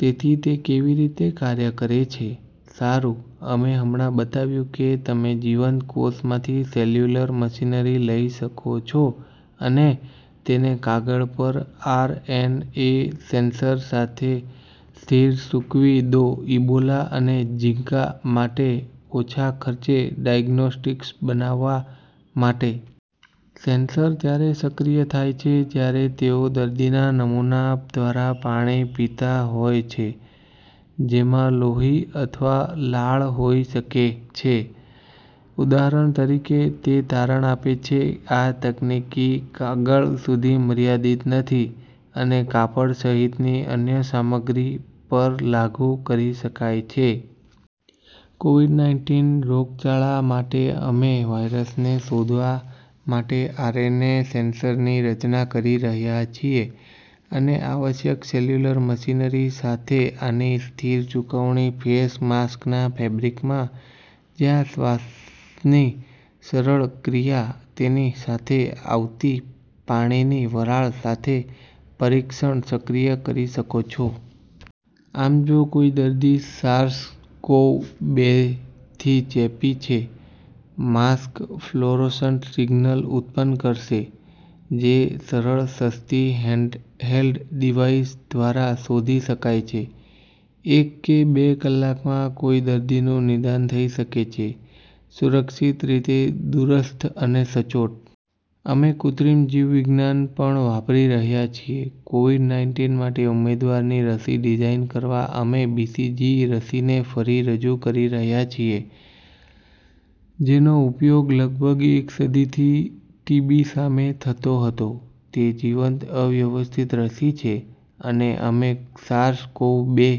તેથીતે કેવી રીતે કાર્ય કરે છે? સારું, અમે હમણાં બતાવ્યું કે તમે જીવંત કોષમાંથી સેલ્યુલર મશીનરી લઈ શકો છો અને તેને કાગળ પર આર. એન. એ. સેન્સર સાથે સ્થિર-સૂકવી દો ઇબોલા અને ઝિકા માટે ઓછા ખર્ચે ડાયગ્નોસ્ટિક્સ બનાવવા માટે. સેન્સર ત્યારે સક્રિય થાય છે જ્યારે તેઓ દર્દીના નમૂના દ્વારા પાણી પીતા હોય છે જેમાં લોહી અથવા લાળ હોઈ શકે છે, ઉદાહરણ તરીકે. તે તારણ આપે છે, આ તકનીકી કાગળ સુધી મર્યાદિત નથી અને કાપડ સહિતની અન્ય સામગ્રી પર લાગુ કરી શકાય છે. કોવીડ-નાઇનટીન રોગચાળા માટે, અમે વાયરસને શોધવા માટે આરએનએ સેન્સરની રચના કરી રહ્યા છીએ અને આવશ્યક સેલ્યુલર મશીનરી સાથે આની સ્થિર-સૂકવણી ફેસ માસ્કના ફેબ્રિકમાં, જ્યાં શ્વાસની સરળ ક્રિયા, તેની સાથે આવતી પાણીની વરાળ સાથે, પરીક્ષણ સક્રિય કરી શકો છો। આમ, જો કોઈ દર્દી સાર્સ-કોવ-બે થી ચેપી છે, માસ્ક ફ્લોરોસન્ટ સિગ્નલ ઉત્પન્ન કરશે જે સરળ, સસ્તી હેન્ડહેલ્ડ ડિવાઇસ દ્વારા શોધી શકાય છે। એક કે બે કલાકમાં, કોઈ દર્દીનું નિદાન થઈ શકે છે સુરક્ષિત રીતે, દૂરસ્થ અને સચોટ. અમે કૃત્રિમ જીવવિજ્ઞાન પણ વાપરી રહ્યા છીએ કોવીડ-નાઇનટીન માટે ઉમેદવારની રસી ડિઝાઇન કરવા. અમે બીસીજી રસીને ફરી રજૂ કરી રહ્યા છીએ, જેનો ઉપયોગ લગભગ એક સદીથી ટીબી સામે થતો હતો. તે જીવંત અવ્યવસ્થિત રસી છે, અને અમે સાર્સ-કોવ-બે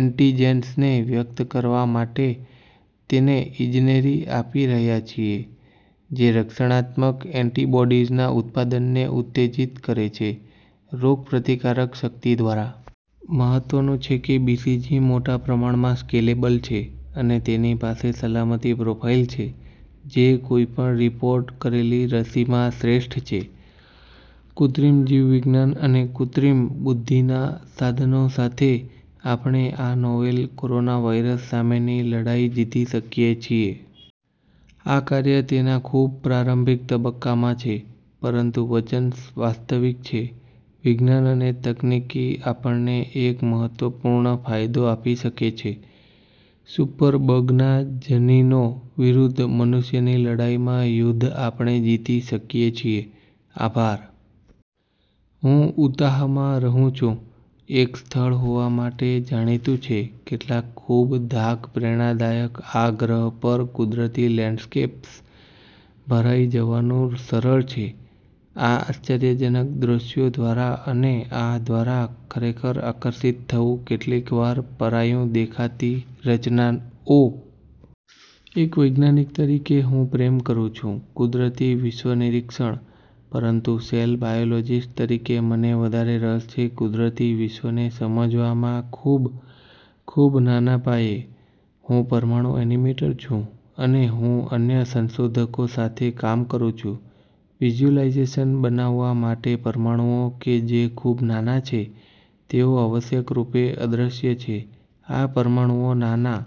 એન્ટિજેન્સને વ્યક્ત કરવા માટે તેને ઇજનેરી આપી રહ્યા છીએ, જે રક્ષણાત્મક એન્ટિબોડીઝના ઉત્પાદનને ઉત્તેજિત કરે છે રોગપ્રતિકારક શક્તિ દ્વારા। મહત્વનું છે કે, બીસીજી મોટા પ્રમાણમાં સ્કેલેબલ છે અને તેની પાસે સલામતી પ્રોફાઇલ છે જે કોઈ પણ રીપોર્ટ કરેલી રસીમાં શ્રેષ્ઠ છે. કૃત્રિમ જીવવિજ્ઞાન અને કૃત્રિમ બુદ્ધિના સાધનો સાથે, આપણે આ નોવેલ કોરોનાવાયરસ સામેની લડાઈ જીતી શકીએ છીએ. આ કાર્ય તેના ખૂબ પ્રારંભિક તબક્કામાં છે, પરંતુ વચન વાસ્તવિક છે. વિજ્ઞાન અને તકનીકી આપણને એક મહત્વપૂર્ણ ફાયદો આપી શકે છે સુપર બગના જનીનો વિરુદ્ધ મનુષ્યની લડાઇમાં, યુદ્ધ આપણે જીતી શકીએ છીએ. આભાર. હું ઉતાહમાં રહું છું, એક સ્થળ હોવા માટે જાણીતું છે કેટલાક ખૂબ ધાક-પ્રેરણાદાયક આ ગ્રહ પર કુદરતી લેન્ડસ્કેપ્સ. ભરાઈ જવાનું સરળ છે આ આશ્ચર્યજનક દૃશ્યો દ્વારા, અને આ દ્વારા ખરેખર આકર્ષિત થવું કેટલીકવાર પરાયું દેખાતી રચનાઓ. એક વૈજ્ઞાનિક તરીકે, હું પ્રેમ કરું છું કુદરતી વિશ્વ નિરીક્ષણ. પરંતુ સેલ બાયોલોજિસ્ટ તરીકે, મને વધારે રસ છે કુદરતી વિશ્વને સમજવામાં ખૂબ, ખૂબ નાના પાયે. હું પરમાણુ એનિમેટર છું, અને હું અન્ય સંશોધકો સાથે કામ કરું છું વિઝ્યુલાઇઝેશન બનાવવા માટે પરમાણુઓ કે જે ખૂબ નાના છે, તેઓ આવશ્યકરૂપે અદ્રશ્ય છે. આ પરમાણુઓ નાના